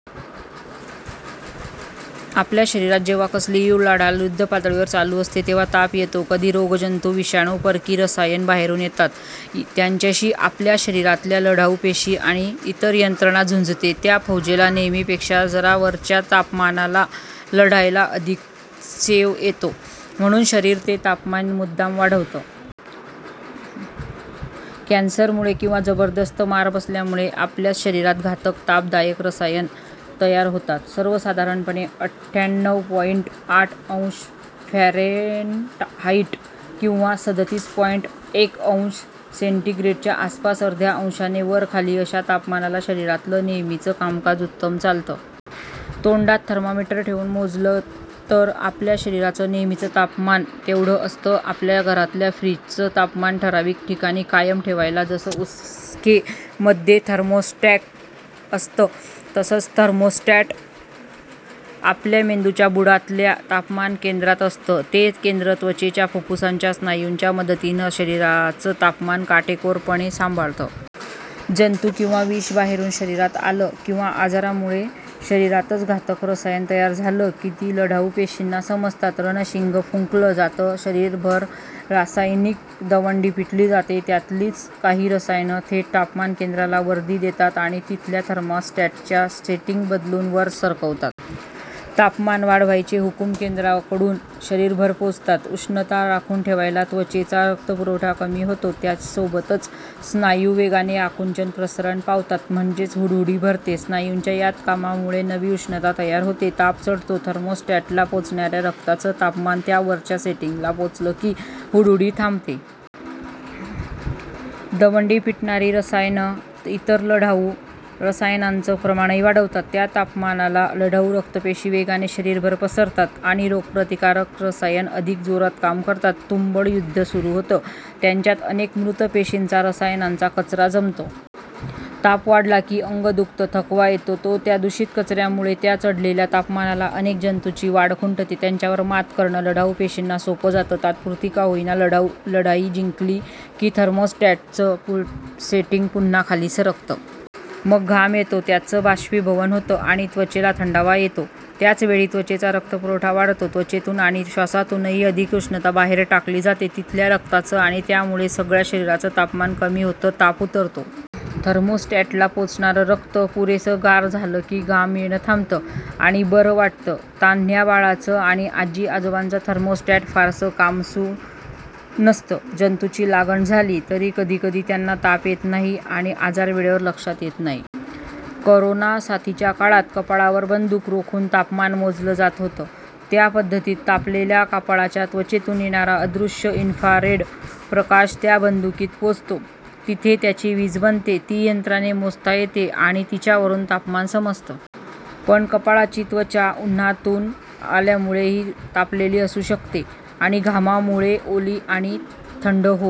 आपल्या शरीरात जेव्हा कसलीही उलाढाल युद्धपातळीवर चालू असते, तेव्हा ताप येतो. कधी रोगजंतू, विषाणू, परकी रसायनं बाहेरून येतात. त्यांच्याशी आपल्या शरीरातल्या लढाऊ पेशी आणि इतर यंत्रणा झुंजते. त्या फौजेला नेहमीपेक्षा जरा वरच्या तापमानाला लढायला अधिक चेव येतो, म्हणून शरीर ते तापमान मुद्दाम वाढवतं. कॅन्सरमुळे किंवा जबरदस्त मार बसल्यामुळे आपल्याच शरीरात घातक, 'ताप'दायक रसायनं तयार होतात. सर्वसाधारणपणे अठ्ठ्याण्णव पॉइंट आठ अंश फॅरेनहाइट किंवा सदतीस पॉइंट एक अंश सेंटिग्रेडच्या आसपास, अर्ध्या अंशाने वर-खाली अशा तापमानाला शरीरातलं नेहमीचं कामकाज उत्तम चालतं. तोंडात थर्मामीटर ठेवून मोजलं तर आपल्या शरीराचं नेहमीचं तापमान तेवढं असतं. आपल्या घरातल्या फ्रिजचं तापमान ठरावीक ठिकाणी कायम ठेवायला जसं उसके मध्ये थर्मोस्टॅट असतं, तसंच थर्मोस्टॅट आपल्या मेंदूच्या बुडातल्या तापमानकेंद्रात असतं. ते केंद्र त्वचेच्या, फुप्फुसांच्या, स्नायूंच्या मदतीनं शरीराचं तापमान काटेकोरपणे सांभाळतं. जंतू किंवा विष बाहेरून शरीरात आलं, किंवा आजारामुळे शरीरातच घातक रसायनं तयार झाली की, ती लढाऊ पेशींना समजतात. रणशिंग फुंकलं जातं. शरीरभर रासायनिक दवंडी पिटली जाते. त्यातलीच काही रसायनं थेट तापमानकेंद्राला वर्दी देतात आणि तिथल्या थर्मोस्टॅटचं सेटिंग बदलून वर सरकवतात. तापमान वाढवायचे हुकूम केंद्राकडून शरीरभर पोचतात. उष्णता राखून ठेवायला त्वचेचा रक्तपुरवठा कमी होतो. त्यासोबतच स्नायू वेगाने आकुंचन-प्रसरण पावतात. म्हणजेच हुडहुडी भरते. स्नायूंच्या त्या कामामुळे नवी उष्णता तयार होते, ताप चढतो. थर्मोस्टॅटला पोचणाऱ्या रक्ताचं तापमान त्या वरच्या सेटिंगला पोचलं की हुडहुडी थांबते. दवंडी पिटणारी रसायनं इतर लढाऊ रसायनांचं प्रमाणही वाढवतात. त्या तापमानाला लढाऊ रक्तपेशी वेगाने शरीरभर पसरतात आणि रोगप्रतिकारक रसायनं अधिक जोरात काम करतात. तुंबळ युद्ध सुरू होतं, त्याच्यात अनेक मृत पेशींचा, रसायनांचा कचरा जमतो. ताप वाढला की, अंग दुखतं, थकवा येतो तो त्या दूषित कचऱ्यामुळे. त्या चढलेल्या तापमानाला अनेक जंतूंची वाढ खुंटते, त्यांच्यावर मात करणं लढाऊ पेशींना सोपं जातं. तात्पुरती का होईना, लढाई जिंकली की थर्मोस्टॅटचं सेटिंग पुन्हा खाली सरकतं. मग घाम येतो, त्याचं बाष्पीभवन होतं आणि त्वचेला थंडावा येतो. त्याच वेळी त्वचेचा रक्तपुरवठा वाढतो, त्वचेतून आणि श्वासातूनही अधिक उष्णता बाहेर टाकली जाते. तिथल्या रक्ताचं आणि त्यामुळे सगळ्या शरीराचं तापमान कमी होतं, ताप उतरतो. थर्मोस्टॅटला पोचणारं रक्त पुरेसं गार झालं की घाम येणं थांबतं आणि बरं वाटतं. तान्ह्या बाळांचं आणि आजी-आजोबांचं थर्मोस्टॅट फारसं कामसू नसतं. जंतूंची लागण झाली तरी कधीकधी त्यांना ताप येत नाही आणि आजार वेळेवर लक्षात येत नाही. करोनासाथीच्या काळात कपाळावर बंदूक रोखून तापमान मोजलं जात होतं. त्या पद्धतीत तापलेल्या कपाळाच्या त्वचेतून येणारा, अदृश्य इन्फ्रारेड प्रकाश त्या बंदुकीत पोचतो. तिथे त्याची वीज बनते. ती यंत्राने मोजता येते आणि तिच्यावरून तापमान समजतं. पण कपाळाची त्वचा उन्हातून आल्यामुळेही तापलेली असू शकते आणि घामामुळे ओली आणि थंड होऊ